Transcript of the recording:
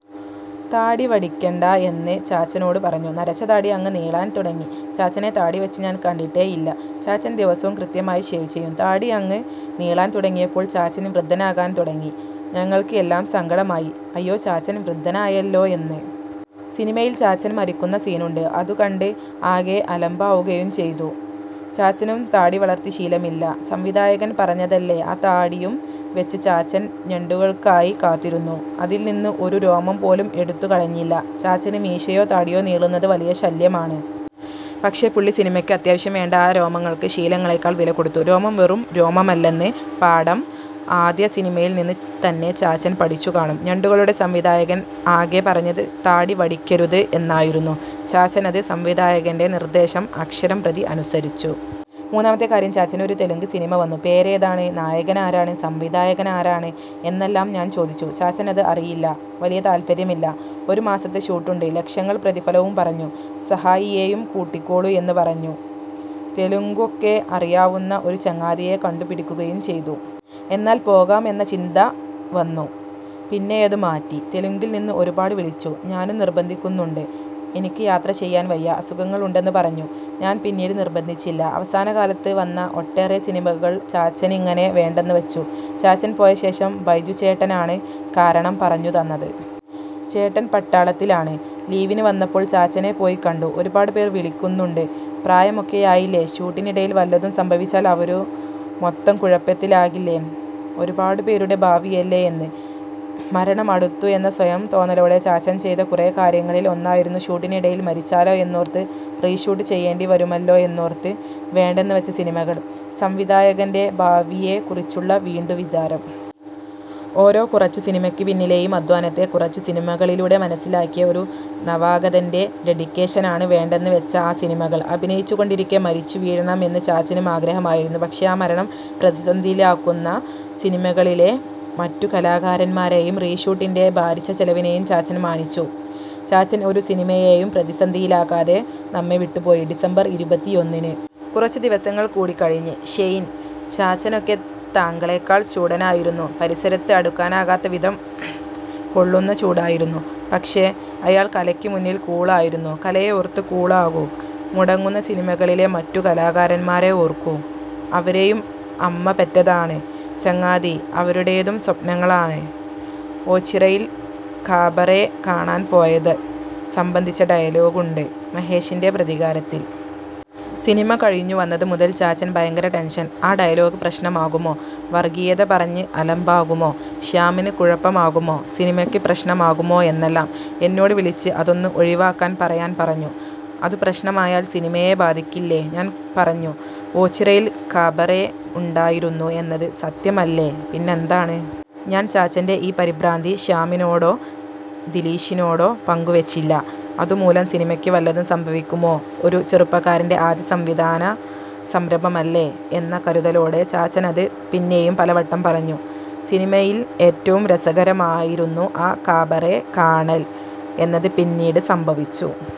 താടി വടിയ്ക്കണ്ട എന്ന് ചാച്ചനോട് പറഞ്ഞു. നരച്ച താടി അങ്ങ് നീളാൻ തുടങ്ങി. ചാച്ചനെ താടിവെച്ച് ഞാൻ കണ്ടിട്ടേയില്ല. ചാച്ചൻ ദിവസവും കൃത്യമായി ഷേവ് ചെയ്യും. താടി അങ്ങ് നീളാൻ തുടങ്ങിയപ്പോൾ ചാച്ചൻ വൃദ്ധനാകാൻ തുടങ്ങി. ഞങ്ങൾക്ക് എല്ലാം സങ്കടമായി. അയ്യോ ചാച്ചൻ വൃദ്ധനായല്ലോ എന്ന്. സിനിമയിൽ ചാച്ചൻ മരിക്കുന്ന സീനുണ്ട്. അതുകണ്ട് ആകെ അലമ്പാവുകയും ചെയ്തു. ചാച്ചനും താടി വളർത്തി ശീലമില്ല. സംവിധായകൻ പറഞ്ഞതല്ലേ, ആ താടിയും വെച്ച് ചാച്ചൻ ഞണ്ടുകൾക്കായി കാത്തിരുന്നു. അതിൽ നിന്ന് ഒരു രോമം പോലും എടുത്തു കളഞ്ഞില്ല. ചാച്ചന് മീശയോ, താടിയോ നീളുന്നത് വലിയ ശല്ല്യമാണ്. പക്ഷേ പുള്ളി സിനിമയ്ക്ക് അത്യാവശ്യം വേണ്ട ആ രോമങ്ങൾക്ക് ശീലങ്ങളെക്കാൾ വില കൊടുത്തു. രോമം വെറും രോമമല്ലെന്ന് പാഠം ആദ്യ സിനിമയിൽ നിന്ന് തന്നെ ചാച്ചൻ പഠിച്ചു കാണും. ഞണ്ടുകളുടെ സംവിധായകൻ ആകെ പറഞ്ഞത് താടി വടിയ്ക്കരുത് എന്നായിരുന്നു. ചാച്ചനത്, സംവിധായകൻ്റെ നിർദ്ദേശം, അക്ഷരം പ്രതി അനുസരിച്ചു. മൂന്നാമത്തെ കാര്യം, ചാച്ചന് ഒരു തെലുങ്ക് സിനിമ വന്നു. പേരേതാണ്, നായകനാരാണ്, സംവിധായകനാര് എന്നെല്ലാം ഞാൻ ചോദിച്ചു. ചാച്ചനത് അറിയില്ല. വലിയ താല്പ്പര്യമില്ല. ഒരു മാസത്തെ ഷൂട്ടുണ്ട്. ലക്ഷങ്ങൾ പ്രതിഫലവും പറഞ്ഞു. സഹായിയേയും കൂട്ടിക്കോളൂ എന്ന് പറഞ്ഞു. തെലുങ്കൊക്കെ അറിയാവുന്ന ഒരു ചങ്ങാതിയെ കണ്ടുപിടിക്കുകയും ചെയ്തു. എന്നാൽ പോകാം എന്ന ചിന്ത വന്നു. പിന്നെയത് മാറ്റി. തെലുങ്കിൽ നിന്ന് ഒരുപാട് വിളിച്ചു. ഞാനും നിർബന്ധിക്കുന്നുണ്ട്. എനിക്ക് യാത്ര ചെയ്യാൻ വയ്യ. അസുഖങ്ങൾ ഉണ്ടെന്ന് പറഞ്ഞു. ഞാൻ പിന്നീട് നിർബന്ധിച്ചില്ല. അവസാന കാലത്ത് വന്ന ഒട്ടേറെ സിനിമകൾ ചാച്ചനിങ്ങനെ വേണ്ടെന്ന് വെച്ചു. ചാച്ചൻ പോയ ശേഷം ബൈജു ചേട്ടനാണ് കാരണം പറഞ്ഞു തന്നത്. ചേട്ടൻ പട്ടാളത്തിലാണ്. ലീവിന് വന്നപ്പോൾ ചാച്ചനെ പോയി കണ്ടു. "ഒരുപാടുപേർ വിളിക്കുന്നുണ്ട്. പ്രായമൊക്കെയായില്ലേ, ഷൂട്ടിനിടയിൽ വല്ലതും സംഭവിച്ചാൽ അവരു മൊത്തം കുഴപ്പത്തിലാകില്ലേ, ഒരുപാടുപേരുടെ ഭാവിയല്ലേ" എന്ന്. മരണം അടുത്തു എന്ന സ്വയം തോന്നലോടെ ചാച്ചൻ ചെയ്ത കുറേ കാര്യങ്ങളിൽ ഒന്നായിരുന്നു, ഷൂട്ടിന് ഇടയിൽ മരിച്ചാലോ എന്നോർത്ത്, റീഷൂട്ട് ചെയ്യേണ്ടി വരുമല്ലോ എന്നോർത്ത് വേണ്ടെന്ന് വെച്ച സിനിമകൾ; സംവിധായകൻ്റെ ഭാവിയെ കുറിച്ചുള്ള വീണ്ടുവിചാരം. ഓരോ കുറച്ച സിനിമയ്ക്ക് പിന്നിലേയും അധ്വാനത്തെ കുറച്ചു സിനിമകളിലൂടെ മനസ്സിലാക്കിയ ഒരു നവാഗതൻ്റെ ഡെഡിക്കേഷനാണ് വേണ്ടെന്ന് വെച്ച ആ സിനിമകൾ. അഭിനയിച്ചുകൊണ്ടിരിക്കേ മരിച്ചു വീഴണം എന്ന് ചാച്ചനും ആഗ്രഹമായിരുന്നു. പക്ഷേ, ആ മരണം പ്രതിസന്ധിയിലാക്കുന്ന സിനിമകളിലെ മറ്റു കലാകാരന്മാരെയും റീഷൂട്ടിൻ്റെ ഭാരിച്ച ചെലവിനേയും ചാച്ചൻ മാനിച്ചു. ചാച്ചൻ ഒരു സിനിമയേയും പ്രതിസന്ധിയിലാക്കാതെ നമ്മെ വിട്ടുപോയി, ഡിസംബർ ഇരുപത്തിയൊന്നിന്. കുറച്ചു ദിവസങ്ങൾ കൂടിക്കഴിഞ്ഞ്. ഷെയ്ൻ, ചാച്ചനൊക്കെ താങ്കളെക്കാൾ ചൂടനായിരുന്നു. പരിസരത്ത് അടുക്കാനാകാത്ത വിധം പൊള്ളുന്ന ചൂടായിരുന്നു. പക്ഷേ, അയാൾ കലയ്ക്ക് മുന്നിൽ കൂളായിരുന്നു. കലയെ ഓർത്ത് കൂളാകൂ. മുടങ്ങുന്ന സിനിമകളിലെ മറ്റു കലാകാരന്മാരെ ഓർക്കൂ. അവരെയും അമ്മ പെറ്റതാണ് ചങ്ങാതീ. അവരുടേതും സ്വപ്നങ്ങളാണ്. "ഓച്ചിറയിൽ കാബറേ കാണാൻ പോയത്" സംബന്ധിച്ച ഡയലോഗുണ്ട് മഹേഷിൻ്റെ പ്രതികാരത്തിൽ. സിനിമ കഴിഞ്ഞു വന്നത് മുതൽ ചാച്ചൻ ഭയങ്കര ടെൻഷൻ. ആ ഡയലോഗ് പ്രശ്നമാകുമോ. വർഗ്ഗീയത പറഞ്ഞ് അലമ്പാകുമോ. ശ്യാമിന് കുഴപ്പമാകുമോ. സിനിമയ്ക്ക് പ്രശ്നമാകുമോ എന്നെല്ലാം. എന്നോട് വിളിച്ച്, അതൊന്ന് ഒഴിവാക്കാൻ പറയാൻ പറഞ്ഞു. അതു പ്രശ്നമായാൽ സിനിമയെ ബാധിക്കില്ലേ. ഞാൻ പറഞ്ഞു, ഓച്ചിറയിൽ കാബറേ ഉണ്ടായിരുന്നു എന്നത് സത്യമല്ലേ, പിന്നെന്താണ്. ഞാൻ ചാച്ചൻ്റെ ഈ പരിഭ്രാന്തി ശ്യാമിനോടോ ദിലീഷിനോടോ പങ്കുവെച്ചില്ല. അതുമൂലം സിനിമയ്ക്ക് വല്ലതും സംഭവിക്കുമോ, ഒരു ചെറുപ്പക്കാരൻ്റെ ആദ്യ സംവിധാന സംരംഭമല്ലേ എന്ന കരുതലോടെ, ചാച്ചനത് പിന്നെയും പലവട്ടം പറഞ്ഞു. സിനിമയിൽ ഏറ്റവും രസകരമായിരുന്നു ആ കാബറേ കാണൽ എന്നത് പിന്നീട് സംഭവിച്ചു.